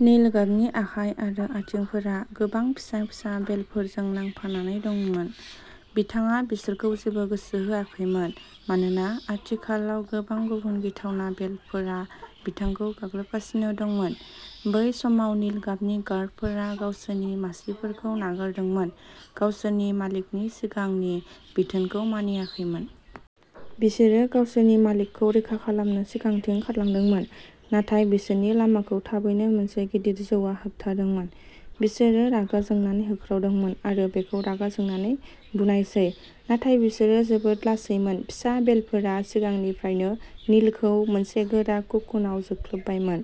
नील गाबनि आखाइ आरो आथिंफोरा गोबां फिसा-फिसा बेलफोरजों नांफानानै दंमोन। बिथाङा बिसोरखौ जेबो गोसो होआखैमोन, मानोना आथिखालाव गोबां गुबुन गिथावना बेलफोरा बिथांखौ गाग्लोबगासिनो दंमोन। बै समाव, नील गाबनि गार्डफोरा गावसोरनि मासिफोरखौ नागारदोंमोन, गावसोरनि मालिकनि सिगांनि बिथोनखौ मानियाखैमोन। बिसोरो गावसोरनि मालिकखौ रैखा खालामनो सिगांथिं खारलांदोंमोन, नाथाय बिसोरनि लामाखौ थाबैनो मोनसे गिदिर जौआ होबथादोंमोन। बिसोरो रागा जोंनानै होख्रावदोंमोन, आरो बेखौ रागा जोंनानै बुनायसै। नाथाय बिसोरो जोबोद लासैमोन फिसा बेलफोरा सिगांनिफ्रायनो नीलखौ मोनसे गोरा ककुनआव जोख्लोबबायमोन।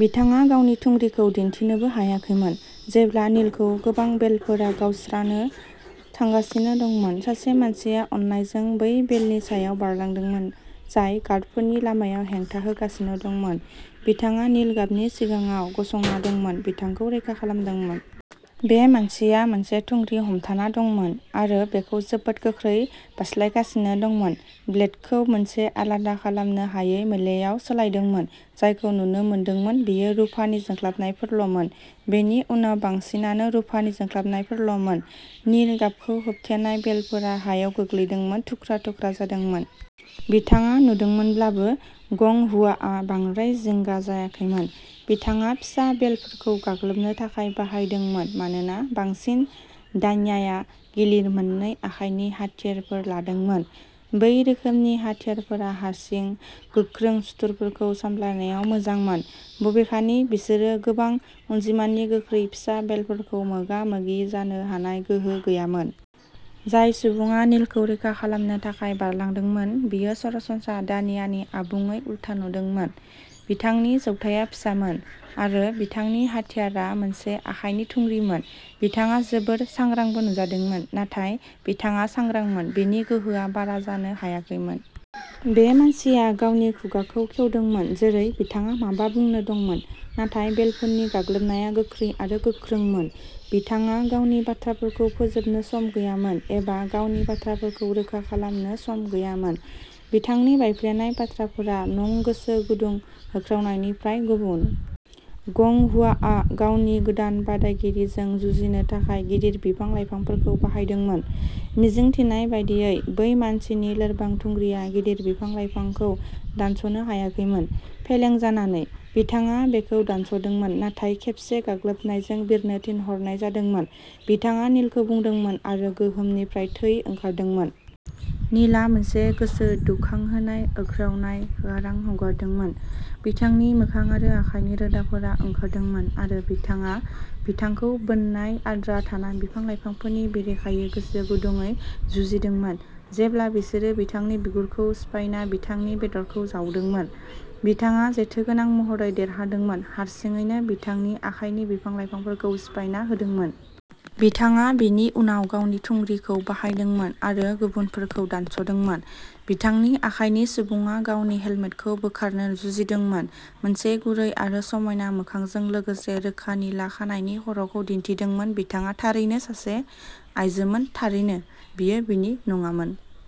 बिथाङा गावनि थुंग्रिखौ दिन्थिनोबो हायाखैमोन। जेब्ला नीलखौ गोबां बेलफोरा गावस्रानो थांगासिनो दंमोन, सासे मानसिया अननायजों बै बेलनि सायाव बारलांदोंमोन जाय गार्डफोरनि लामायाव हेंथा होगासिनो दंमोन। बिथाङा नील गाबनि सिगाङाव गसंना दंमोन, बिथांखौ रैखा खालामदोंमोन। बे मानसिया मोनसे थुंग्रि हमथाना दंमोन, आरो बेखौ जोबोद गोख्रै बारस्लायगासिनो दंमोन, ब्लेडखौ मोनसे आलादा खालामनो हायै मोलेआव सोलायदोंमोन। जायखौ नुनो मोनदोंमोन बेयो रुफानि जोंख्लाबनायफोरल'मोन। बेनि उनाव, बांसिनानो रुफानि जोंख्लाबनायफोरल'मोन। नील गाबखौ खोबथेनाय बेलफोरा हायाव गोग्लैदोंमोन, थुख्रा-थुख्रा जादोंमोन। बिथाङा नुदोंमोनब्लाबो, गं हुआआ बांद्राय जिंगा जायाखैमोन। बिथाङा फिसा बेलफोरखौ गाग्लोबनो थाखाय बाहायदोंमोन मानोना बांसिन दानियाया गिलिर मोन्नै आखाइनि हाथियारफोर लादोंमोन। बै रोखोमनि हाथियारफोरा हारसिं, गोख्रों सुथुरफोरखौ सामलायनायाव मोजांमोन। बबेखानि, बिसोरो गोबां अनजिमानि गोख्रै फिसा बेलफोरखौ मोगा-मोगि जानो हानाय गोहो गैयामोन। जाय सुबुङा नीलखौ रैखा खालामनो थाखाय बारलांदोंमोन, बियो सरासनस्रा दानियानि आबुङै उल्था नुदोंमोन। बिथांनि जौथाया फिसामोन, आरो बिथांनि हाथियारआ मोनसे आखाइनि थुंग्रिमोन। बिथाङा जोबोद सांग्रांबो नुजादोंमोन। नाथाय बिथाङा सांग्रांमोन, बिनि गोहोआ बारा जानो हायाखैमोन। बे मानसिया गावनि खुगाखौ खेवदोंमोन, जेरै बिथाङा माबा बुंनो दंमोन। नाथाय बेलफोरनि गाग्लोबनाया गोख्रै आरो गोख्रोंमोन। बिथाङा गावनि बाथ्राफोरखौ फोजोबनो सम गैयामोन, एबा गावनि बाथ्राफोरखौ रोखा खालामनो सम गैयामोन। बिथांनि बायफ्लेनाय बाथ्राफोरा नं गोसो गुदुं होख्रावनायनिफ्राय गुबुन। गं हुआआ गावनि गोदान बादायगिरिजों जुजिनो थाखाय गिदिर बिफां-लाइफांफोरखौ बाहायदोंमोन। मिजिं थिनाय बायदियै, बै मानसिनि लोरबां थुंग्रिआ गिदिर बिफां-लाइफांखौ दानस'नो हायाखैमोन। फेलें जानानै, बिथाङा बेखौ दानस'दोंमोन, नाथाय खेबसे गाग्लोबनायजों बिरनो थिनहरनाय जादोंमोन। बिथाङा नीलखौ बुदोंमोन, आरो गोहोमनिफ्राय थै ओंखारदोंमोन। नीलआ मोनसे गोसो दुंखांहोनाय होख्रावनाय गारां हगारदोंमोन। बिथांनि मोखां आरो आखाइनि रोदाफोरा ओंखारदोंमोन, आरो बिथाङा बिथांखौ बोननाय आद्रा थानाय बिफां-लाइफांफोरनि बेरेखायै गोसो गुदुंयै जुजिदोंमोन। जेब्ला बिसोरो बिथांनि बिगुरखौ सिफायना बिथांनि बेदरखौ जावदोंमोन, बिथाङा जेथोगोनां महरै देरहादोंमोन, हारसिङैनो बिथांनि आखाइनि बिफां-लाइफांफोरखौ सिफायना होदोंमोन। बिथाङा बिनि उनाव गावनि थुंग्रिखौ बाहायदोंमोन आरो गुबुनफोरखौ दानस'दोंमोन। बिथांनि आखाइनि सुबुङा गावनि हेलमेटखौ बोखारनो जुजिदोंमोन, मोनसे गुरै आरो समायना मोखांजों लोगोसे रोखा निला खानाइनि खर'खौ दिन्थिदोंमोन बिथाङा थारैनो सासे आइजोमोन थारैनो, बियो बिनि नङामोन।